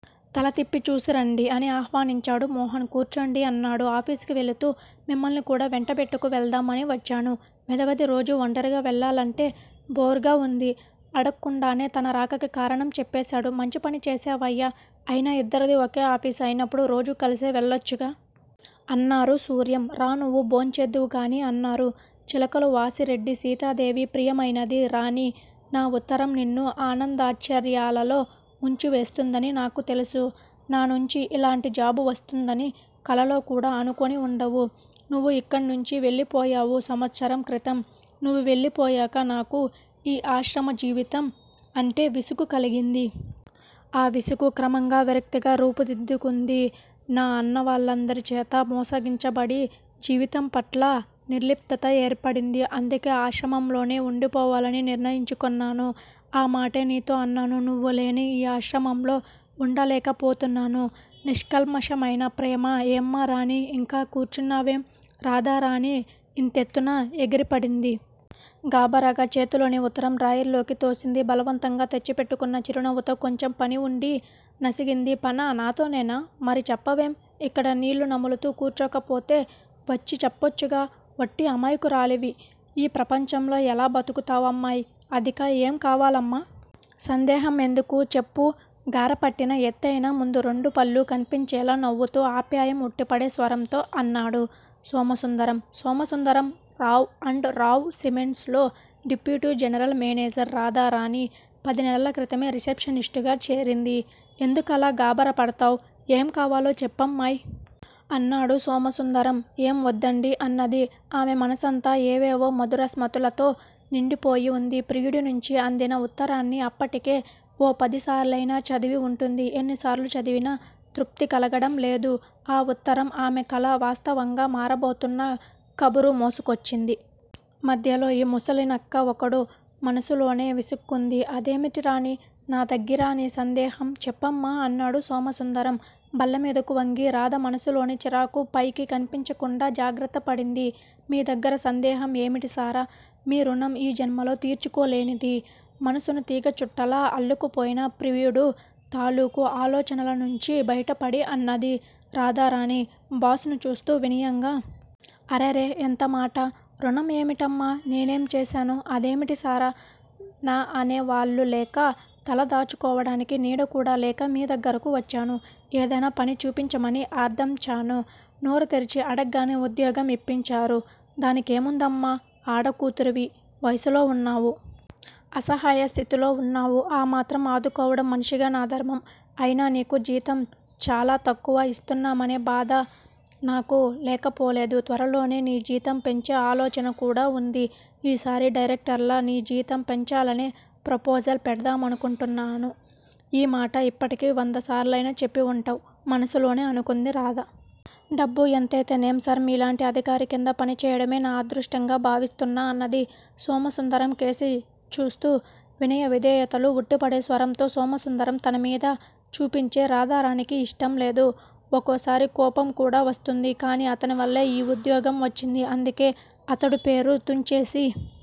తలతిప్పి చూసి రండి! అని ఆహ్వనించాడు మోహన్. కూర్చోండి అన్నాడు. ఆఫీసుకి వెళ్ళుతూ మిమ్మల్ని కూడా వెంటబెట్టుకు వెళ్దాం అని వచ్చాను వెధవది రోజూ వంటరిగా వెళ్ళాలంటే బోర్ గా వుంది! అడక్కుండానే తన రాకకి కారణం చెప్పేసాడు. మంచి పని చేశావయ్యా అయినా యిద్దరిదీ ఒకే ఆఫీసు అయినప్పుడు రోజూ కలిసే వెళ్ళొచ్చుగా! అన్నారు సూర్యం. రా నువ్వూ భోం చేద్దువుగాని అన్నారు. చిలకలు -వాసిరెడ్డి సీతాదేవి ప్రియమైనది రాణీ! నా ఉత్తరం నిన్ను ఆనందాశ్చార్యాలలో ముంచివేస్తుందని నాకు తెలుసు. నానుంచి ఇలాంటి జాబు వస్తుందని కలలో కూడా అనుకొని ఉండవు. నువ్వు ఇక్కడ్నుంచి వెళ్ళిపోయావు సంవత్సరం క్రితం. నువ్వు వెళ్ళిపోయాక నాకు ఈ ఆశ్రమ జీవితం అంటే విసుగు కలిగింది. ఆ విసుగు క్రమంగా విరక్తిగా రూపుదిద్దుకుంది. నా అన్నవాళ్ళందరి చేతా మోసగించబడి, జీవితం పట్ల నిర్లిప్తత ఏర్పడింది. అందుకే ఆశ్రమంలోనే ఉండిపోవాలని నిర్ణయించుకొన్నాను. ఆ మాటే నీతో అన్నాను. నువ్వులేని ఈ ఆశ్రమంలో ఉండలేకపోతున్నాను. నిష్కల్మషమైన ప్రేమ ఏమ్మారాణీ! ఇంకా కూర్చున్నావేం? రాధారాణి ఇంతెత్తున ఎగిరిపడింది. గాభరాగా చేతిలోని ఉత్తరం డ్రాయర్ లోకి తోసింది. బలవంతంగా తెచ్చిపెట్టుకొన్న చిరునవ్వుతో కొంచెం పని ఉండీ? నసిగింది. పనా? నాతోనేనా? మరి చప్పవేం? ఇక్కడ నీళ్ళు నములుతూ కూర్చోకపోతే వచ్చి చెప్పొచ్చుగా? ఒట్టి అమాయకురాలివి. ఈ ప్రపంచంలో ఎలా బతుకుతావ్ అమ్మాయ్? అదికా ఏం కావాలమ్మా! సందేహం ఎందుకు? చెప్పు? గారపట్టిన ఎత్తయిన ముందు రెండు పళ్ళూ కన్పించేలా నవ్వుతూ, ఆప్యాయం ఉట్టిపడే స్వరంతో అన్నాడు సోమసుందరం. సోమసుందరం రావ్ అండ్ రావ్ సిమెంట్సు లో డిప్యూటీ జనరల్ మేనేజర్. రాధారాణి పదినెలల క్రితమే రిసెప్షనిస్టుగా చేరింది. ఎందుకలా గాభరా పడ్తావ్? ఏం కావాలో చెప్పమ్మాయ్? అన్నాడు సోమసుందరం. ఏం వద్దండీ! అన్నది. ఆమె మనసంతా ఏవేవో మధుర స్మృతులతో నిండిపోయి ఉంది. ప్రియుడి నుంచి అందిన ఉత్తరాన్ని అప్పటికే ఓ పదిసార్లయినా చదివి ఉంటుంది. ఎన్నిసార్లు చదివినా తృప్తి కలుగడంలేదు. ఆ ఉత్తరం ఆమె కల వాస్తవంగా మారబోతున్న కబురు మోసుకొచ్చింది. మధ్యలో ఈ ముసలినక్క ఒకడు మనసులోనే విసుక్కుంది. అదేమిటి రాణీ! నాదగ్గిరా నీసందేహం? చెప్పమ్మా అన్నాడు సోమసుందరం బల్లమీదకు వంగి. రాధ మనసులోని చిరాకు పైకి కన్పించకుండా జాగ్రత్తపడింది. మీ దగ్గర సందేహం ఏమిటి సార! మీ రుణం ఈ జన్మలో తీర్చుకోలేనిది. మనసును తీగ చుట్టలా అల్లుకుపోయిన ప్రియుడు తాలుకు ఆలోచనల నుంచి బయటపడి అన్నది రాధారాణి బాస్ ను చూస్తూ వినయంగా. అరెరె! ఎంతమాట! రుణం ఏమిటమ్మా! నేనేంచేశాను.? అదేమిటి సార! నా అనే వాళ్ళు లేక, తల దాచుకోవడానికి నీడ కూడా లేక మీ దగ్గరకు వచ్చాను. ఏదైనా పని చూపించమని ఆర్థంచాను నోరు తెరిచి అడగ్గానే ఉద్యోగం ఇప్పించారు. దాని కేముందమ్మా! ఆడ కూతురివి, వయసులో ఉన్నావు. అసహయస్థితిలో వున్నావు. ఆ మాత్రం అదుకోవడం మనిషిగా నా ధర్మం. అయినా నీకు జీతం చాలా తక్కువ ఇస్తున్నామనే బాధ నాకు లేకపోలేదు. త్వరలోనే నీ జీతం పెంచే ఆలోచన కూడా ఉంది. ఈ సారి డైరక్టర్ల నీ జీతం పెంచాలనే ప్రోపోజల్ పెడదామనుకొంటున్నాను ఈ మాట ఇప్పటికి వందసార్లయినా చెప్పి ఉంటావ్ మనసులోనే అనుకుంది రాధ. డబ్బు ఎంతైతేనేం సార్? మీలాంటి అధికారి కింద పని చెయ్యడమే నా అదృష్టంగా భావిస్తున్నా అన్నది సోమసుందరం కేసి చూస్తూ వినయ విధేయతలు ఉట్టిపడే స్వరంతో. సోమసుందరం తనమీద చూపించే రాధారాణికి ఇష్టం లేదు. ఒకోసారి కోపం కూడా వస్తుంది. కాని అతని వల్లే ఈ ఉదోగ్యం వచ్చింది. అందుకే అతడు పేరు తుంచేసి